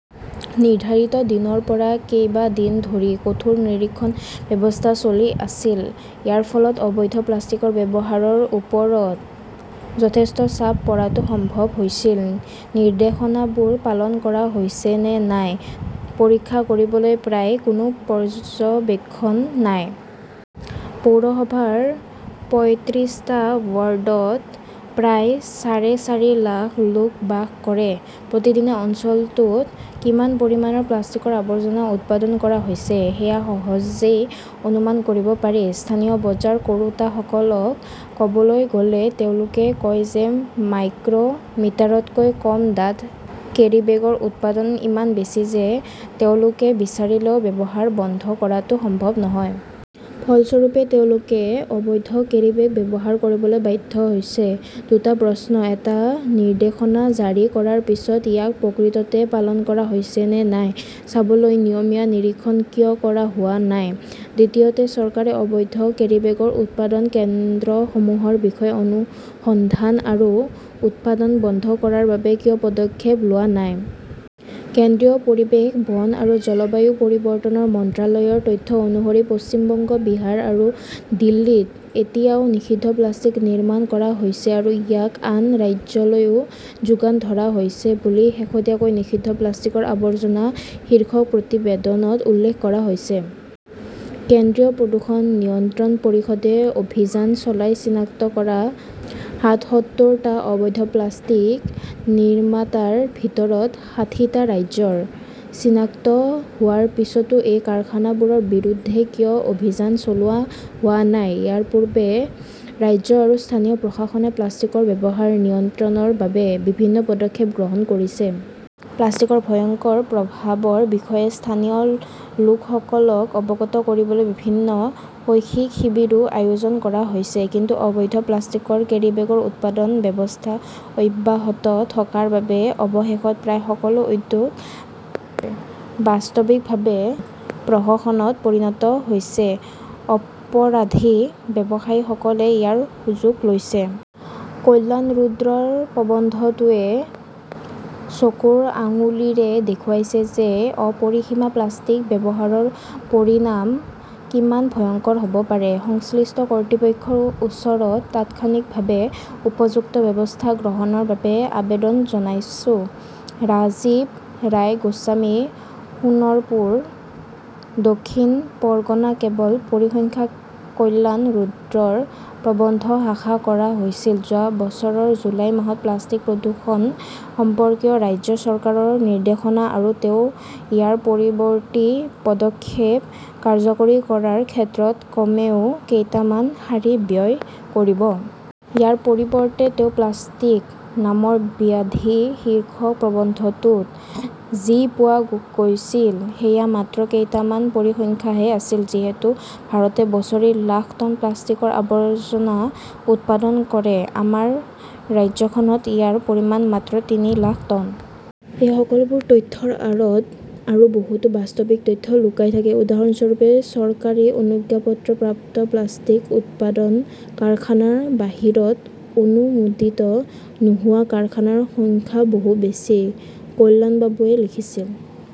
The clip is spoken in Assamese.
নিৰ্ধাৰিত দিনৰ পৰা কেইবা দিন ধৰি কঠোৰ নিৰীক্ষণ ব্যৱস্থা চলি আছিল। ইয়াৰ ফলত অবৈধ প্লাষ্টিকৰ ব্যৱহাৰৰ ওপৰত যথেষ্ট চাপ পৰাটো সম্ভৱ হৈছিল। নিৰ্দেশনাবোৰ পালন কৰা হৈছে নে নাই পৰীক্ষা কৰিবলৈ প্ৰায় কোনো পৰ্যবেক্ষণ নাই। পৌৰসভাৰ পয়ত্ৰিছটা ৱাৰ্ডত প্ৰায় চাৰে চাৰি লাখ লোক বাস কৰে। প্ৰতিদিনে অঞ্চলটোত কিমান পৰিমাণৰ প্লাষ্টিকৰ আৱৰ্জনা উৎপাদন কৰা হৈছে সেয়া সহজেই অনুমান কৰিব পাৰি। স্থানীয় বজাৰ কৰোঁতাসকলক ক'বলৈ গ' লে তেওঁলোকে কয় যে মাইক্ৰ মিটাৰতকৈ কম ডাঠ কেৰীবেগৰ উৎপাদন ইমান বেছি যে তেওঁলোকে বিচৰিলেও ব্যৱহাৰ বন্ধ কৰাটো সম্ভৱ নহয়। ফলস্বৰূপে, তেওঁলোকে অবৈধ কেৰীবেগ ব্যৱহাৰ কৰিবলৈ বাধ্য হৈছে। দুটা প্ৰশ্ন। এটা, নিৰ্দেশনা জাৰি কৰাৰ পিছত, ইয়াক প্ৰকৃততে পালন কৰা হৈছে নে নাই চাবলৈ নিয়মীয়া নিৰীক্ষণ কিয় কৰা হোৱা নাই? দ্বিতীয়তে, চৰকাৰে অবৈধ কেৰিবেগৰ উৎপাদন কেন্দ্ৰসমূহৰ বিষয়ে অনুসন্ধান আৰু উৎপাদন বন্ধ কৰাৰ বাবে কিয় পদক্ষেপ লোৱা নাই? কেন্দ্ৰীয় পৰিৱেশ, বন আৰু জলবায়ু পৰিৱৰ্তন মন্ত্ৰালয়ৰ তথ্য অনুসৰি পশ্চিম বংগ, বিহাৰ আৰু দিল্লীত এতিয়াও নিষিদ্ধ প্লাষ্টিক নিৰ্মাণ কৰা হৈছে, আৰু ইয়াক আন ৰাজ্যলৈও যোগান ধৰা হৈছে বুলি শেহতীয়াকৈ নিষিদ্ধ প্লাষ্টিকৰ আৱৰ্জনা শীৰ্ষক প্ৰতিবেদনত উল্লেখ কৰা হৈছে। কেন্দ্ৰীয় প্ৰদূষণ নিয়ন্ত্ৰণ পৰিষদে অভিযান চলাই চিনাক্ত কৰা সাতসত্তৰটা অবৈধ প্লাষ্টিক নিৰ্মাতাৰ ভিতৰত ষাঠিটা ৰাজ্যৰ। চিনাক্ত হোৱাৰ পিছতো এই কাৰখানাবোৰৰ বিৰুদ্ধে কিয় অভিযান চলোৱা হোৱা নাই? ইয়াৰ পূৰ্বে ৰাজ্য আৰু স্থানীয় প্ৰশাসনে প্লাষ্টিকৰ ব্যৱহাৰ নিয়ন্ত্ৰণৰ বাবে বিভিন্ন পদক্ষেপ গ্ৰহণ কৰিছে। প্লাষ্টিকৰ ভয়ংকৰ প্ৰভাৱৰ বিষয়ে স্থানীয় লোকসকলক অৱগত কৰিবলৈ বিভিন্ন শৈক্ষিক শিবিৰো আয়োজন কৰা হৈছে। কিন্তু অবৈধ প্লাষ্টিকৰ কেৰিবেগৰ উৎপাদন ব্যৱস্থা অব্যাহত থকাৰ বাবে অৱশেষত প্ৰায় সকলো উদ্যোগ বাস্তৱিকভাৱে প্ৰহসনত পৰিণত হৈছে। অপৰাধী ব্যৱসায়ীসকলে ইয়াৰ সুযোগ লৈছে। কল্যাণ ৰুদ্ৰৰ প্ৰবন্ধটোৱে চকুৰ আঙুলিৰে দেখুৱাইছে যে অপৰিসীম প্লাষ্টিক ব্যৱহাৰৰ পৰিণাম কিমান ভয়ংকৰ হ 'ব পাৰে। সংশ্লিষ্ট কৰ্তৃপক্ষৰ ওচৰত তাৎক্ষণিকভাৱে উপযুক্ত ব্যৱস্থা গ্ৰহণৰ বাবে আবেদন জনাইছো। ৰাজীৱ ৰায় গোস্বামী, সোণৰপুৰ, দক্ষিণ পৰগনা কেৱল পৰিসংখ্যা কল্যাণ ৰুদ্ৰৰ প্ৰবন্ধত আশা কৰা হৈছিল, যোৱা বছৰৰ জুলাই মাহত প্লাষ্টিক প্ৰদূষণ সম্পৰ্কীয় ৰাজ্য চৰকাৰৰ নিৰ্দেশনা, আৰু তেওঁ ইয়াৰ পৰৱৰ্তী পদক্ষেপ কাৰ্যকৰী কৰাৰ ক্ষেত্ৰত কমেও কেইটামান শাৰী ব্যয় কৰিব। ইয়াৰ পৰিৱৰ্তে তেওঁৰ প্লাষ্টিক নামৰ ব্যাধি শীৰ্ষক প্ৰবন্ধটোত যি পোৱা গৈছিল সেয়া মাত্ৰ কেইটামান পৰিসংখ্যাহে আছিল। যিহেতু ভাৰতে বছৰি লাখ টন প্লাষ্টিকৰ আৱৰ্জনা উৎপাদন কৰে, আমাৰ ৰাজ্যখনত ইয়াৰ পৰিমাণ মাত্ৰ তিনি লাখ টন। এই সকলোবোৰ তথ্যৰ আঁৰত আৰু বহুতো বাস্তৱিক তথ্য লুকাই থাকে। উদাহৰণস্বৰূপে, চৰকাৰী অনুজ্ঞাপত্ৰপ্ৰাপ্ত প্লাষ্টিক উৎপাদন কাৰখানাৰ বাহিৰত অনুমোদিত নোহোৱা কাৰখানাৰ সংখ্যা বহু বেছি। কল্যাণবাবুৱে লিখিছিল